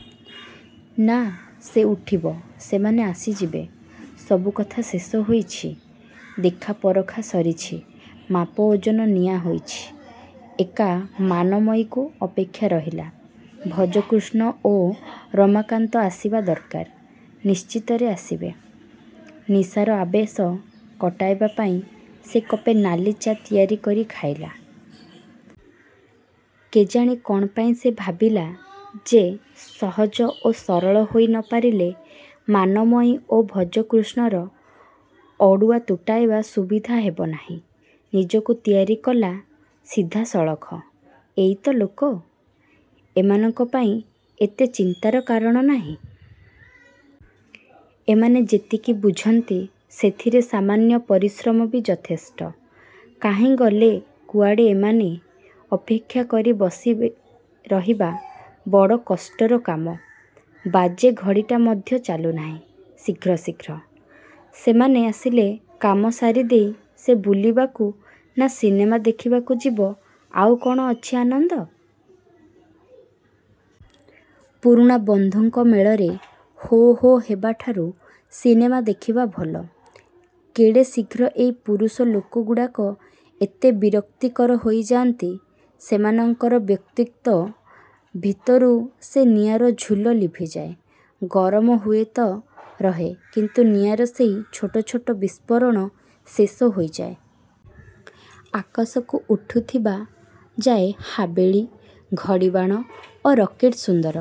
-ନା, ସେ ଉଠିବ। ସେମାନେ ଆସିଯିବେ। ସବୁ କଥା ଶେଷ ହୋଇଛି। ଦେଖା ପରଖା ସରିଛି। ମାପ ଓଜନ ନିଆ ହୋଇଛି। ଏକା ମାନମୟୀକୁ ଅପେକ୍ଷା ରହିଲା। ଭଜକୃଷ୍ଣ ଓ ରମାକାନ୍ତ ଆସିବା ଦରକାର-ନିଶ୍ଚିତରେ ଆସିବେ। ନିଶାର ଆବେଶ କଟାଇବା ପାଇଁ ସେ କପେ ନାଲି ଚା' ତିଆରି କରି ଖାଇଲା। କେଜାଣି କ'ଣ ପାଇଁ ସେ ଭାବିଲା ଯେ ସହଜ ଓ ସରଳ ହୋଇ ନ ପାରିଲେ ମାନମୟୀ ଓ ଭଜକୃଷ୍ଣର ଅଡ଼ୁଆ ତୁଟାଇବା ସୁବିଧା ହବ ନାହିଁ। ନିଜକୁ ତିଆରି କଲା-ସିଧା ସଳଖ। ଏଇ ତ ଲୋକ? ଏମାନଙ୍କ ପାଇଁ ଏତେ ଚିନ୍ତାର କାରଣ ନାହିଁ। ଏମାନେ ଯେତିକି ବୁଝନ୍ତି ସେଥିରେ ସାମାନ୍ୟ ପରିଶ୍ରମ ବି ଯଥେଷ୍ଟ। କାହିଁ ଗଲେ କୁଆଡ଼େ ଏମାନେ? ଅପେକ୍ଷାକରି ବସି ରହିବା ବଡ଼ କଷ୍ଟର କାମ। ବାଜେ ଘଡ଼ିଟା ମଧ୍ୟ ଚାଲୁନାହିଁ ଶୀଘ୍ର ଶୀଘ୍ର। ସେମାନେ ଆସିଲେ କାମ ସାରିଦେଇ ସେ ବୁଲିବାକୁ-ନା, ସିନେମା ଦେଖିବାକୁ-ଯିବ-। ଆଉ କ'ଣ ଅଛି ଆନନ୍ଦ? ପୁରୁଣା ବନ୍ଧୁଙ୍କ ମେଳରେ ହୋ ହୋ ହେବାଠାରୁ ସିନେମା ଦେଖିବା ଭଲ। କେଡ଼େ ଶୀଘ୍ର ଏହି ପୁରୁଷ ଲୋକଗୁଡ଼ାକ ଏତେ ବିରକ୍ତିକର ହୋଇଯାନ୍ତି। ସେମାନଙ୍କର ବ୍ୟକ୍ତିତ୍ୱ ଭିତରୁ ସେହି ନିଆଁର ଝୁଲ ଲିଭିଯାଏ। ଗରମ ହୁଏତ ରହେ କିନ୍ତୁ ନିଆଁର ସେହି ଛୋଟ ଛୋଟ ବିସ୍ଫୋରଣ ଶେଷ ହୋଇ ଯାଏ। ଆକାଶକୁ ଉଠୁଥିବା ଯାଏ ହାବେଳି, ଘଡ଼ିବାଣ ଓ ରକେଟ୍ ସୁନ୍ଦର।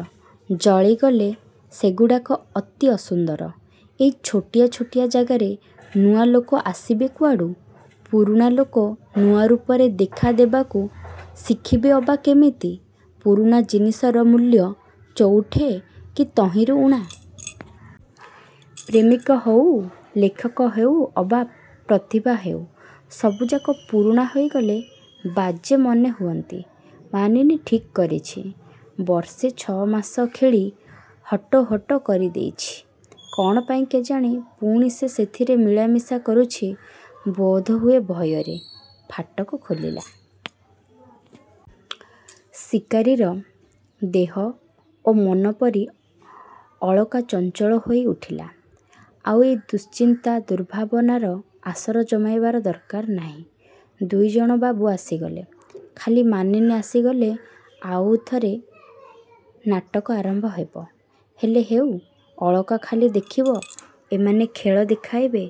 ଜଳିଗଲେ ସେଗୁଡ଼ାକ ଅତି ଅସୁନ୍ଦର। ଏହି ଛୋଟିଆ ଛୋଟିଆ ଜାଗାରେ ନୂଆ ଲୋକ ଆସିବେ କୁଆଡ଼ୁ? ପୁରୁଣା ଲୋକ ନୂଆ ରୂପରେ ଦେଖା ଦେବାକୁ ଶିଖିବେ ଅବା କେମିତି? ପୁରୁଣା ଜିନିଷର ମୂଲ୍ୟ ଚଉଠେ କି ତହିଁରୁ ଊଣା। ପ୍ରେମିକ ହେଉ, ଲେଖକ ହେଉ ଅବା ପ୍ରତିଭା ହେଉ-ସବୁଯାକ ପୁରୁଣା ହୋଇଗଲେ ବାଜେ ମନେ ହୁଅନ୍ତି। ମାନିନୀ ଠିକ୍ କରିଛି-। ବର୍ଷେ ଛ'ଅ ମାସ ଖେଳି ହଟୋ-ହଟୋ କରିଦେଇଛି। କ'ଣ ପାଇଁ କେଜାଣି ପୁଣି ସେ ସେଥିରେ ମିଳା ମିଶା କରୁଛି-ବୋଧହୁଏ ଭୟରେ। ଫାଟକ ଖୋଲିଲା। ଶିକାରୀର। ଦେହ ଓ ମନ ପରି ଅଳକା ଚଞ୍ଚଳହୋଇ ଉଠିଲା। ଆଉ ଏହି ଦୁଶ୍ଚିନ୍ତା-ଦୁର୍ଭାବନାର ଆସର ଜମାଇବା ଦରକାର ନାହିଁ। ଦୁଇଜଣ ବାବୁ ଆସିଗଲେ-ଖାଲି ମାନିନୀ ଆସିଗଲେ ଆଉରି ଥରେ ନାଟକ ଆରମ୍ଭ ହେବ। -ହେଲେ ହେଉ-ଅଳକା ଖାଲି ଦେଖିବ। ଏମାନେ ଖେଳ ଦେଖାଇବେ।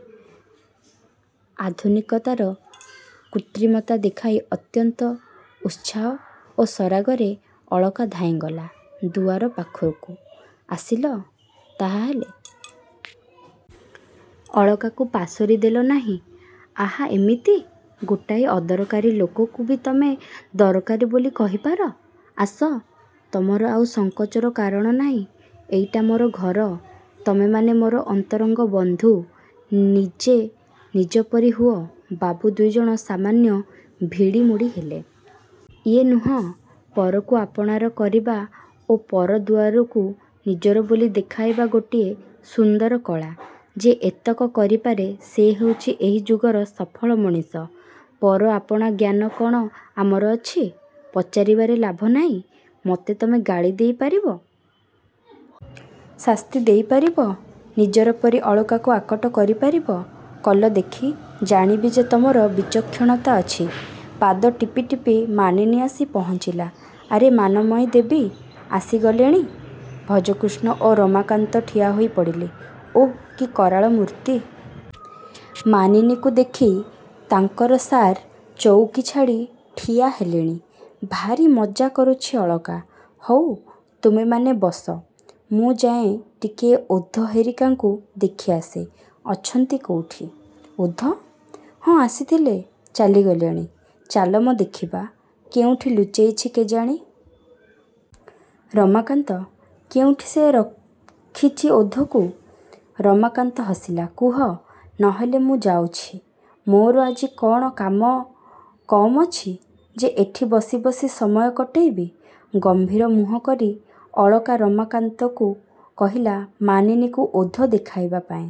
ଆଧୁନିକତାର କୃତ୍ରିମତା ଦେଖାଇ ଅତ୍ୟନ୍ତ ଉତ୍ସାହ ଓ ସରାଗରେ ଅଳକା ଧାଇଁଗଲା ଦୁଆର ପାଖକୁ-ଆସିଲ ତାହାହେଲେ। ଅଳକାକୁ ପାଶୋରି ଦେଲ ନାହିଁ। ଆହା-ଏମିତି ଗୋଟାଏ ଅଦରକାରୀ ଲୋକକୁ ବି ତମେ ଦରକାରୀ ବୋଲି କହିପାର? -ଆସ। ତମର ଆଉ ସଂକୋଚର କାରଣ ନାହିଁ। ଏଇଟା ମୋର ଘର। ତମେମାନେ ମୋର ଅନ୍ତରଙ୍ଗ ବନ୍ଧୁ। ନିଜେ ନିଜ ପରି ହୁଅ। ବାବୁ ଦୁଇଜଣ ସାମାନ୍ୟ ଭିଡ଼ିମୋଡ଼ି ହେଲେ। -ଇଏ ନୁହଁ। ପରକୁ ଆପଣାର କରିବା ଓ ପର ଦୁଆରକୁ ନିଜର ବୋଲି ଦେଖାଇବା ଗୋଟାଏ ସୁନ୍ଦର କଳା। ଯିଏ ଏତକ କରିପାରେ ସେ ହେଉଛି ଏହି ଯୁଗର ସଫଳ ମଣିଷ। -ପର ଆପଣା ଜ୍ଞାନ କ'ଣ ଆମର ଅଛି? -ପଚାରିବାରେ ଲାଭ ନାହିଁ। ମତେ ତମେ ଗାଳି ଦେଇପାରିବ? ଶାସ୍ତି ଦେଇପାରିବ-? ନିଜର ପରି ଅଳକାକୁ ଆକଟ କରି ପାରିବ? -କଲ ଦେଖି। ଜାଣିବି ଯେ ତମର ବିଚକ୍ଷଣତା ଅଛି। ପାଦ ଟିପି ଟିପି ମାନିନୀ ଆସି ପହଞ୍ଚିଲା। -ଆରେ ମାନମୟୀ ଦେବୀ ଆସିଗଲେଣି। ଭଜକୃଷ୍ଣ ଓ ରମାକାନ୍ତ ଠିଆ ହେଇପଡ଼ିଲେ। -ଓଃ, କି କରାଳ ମୂର୍ତ୍ତି। ମାନିନୀକୁ ଦେଖି ତାଙ୍କର ସାର୍ ଚଉକୀ ଛାଡ଼ି ଠିଆ ହେଲେଣି-। -ଭାରି ମଜ୍ଜା କରୁଛି ଅଳକା। ହଉ ତୁମେମାନେ ବସ। ମୁଁ ଯାଏଁ ଟିକିଏ ଓଧ ହେରିକାଙ୍କୁ ଦେଖି ଆସେ। ଅଛନ୍ତି କେଉଁଠି? -ଓଧ? ହଁ ଆସିଥିଲେ ଚାଲିଗଲେଣି। -ଚାଲ ମ ଦେଖିବା। କେଉଁଠି ଲୁଚେଇଛି କେଜାଣି? -ରମାକାନ୍ତ, କେଉଁଠି ସେ ରଖିଛି ଓଧକୁ? ରମାକାନ୍ତ ହସିଲା। -କୁହ। ନହେଲେ ମୁଁ ଯାଉଛି। ମୋର ଆଜି କ'ଣ କାମ କମ୍ ଅଛି ଯେ ଏଠି ବସି ବସି ସମୟ କଟେଇବି? ଗମ୍ଭୀର ମୁହଁ କରି ଅଳକା ରମାକାନ୍ତକୁ କହିଲା ମାନିନୀକୁ ଓଧ ଦେଖାଇବା ପାଇଁ।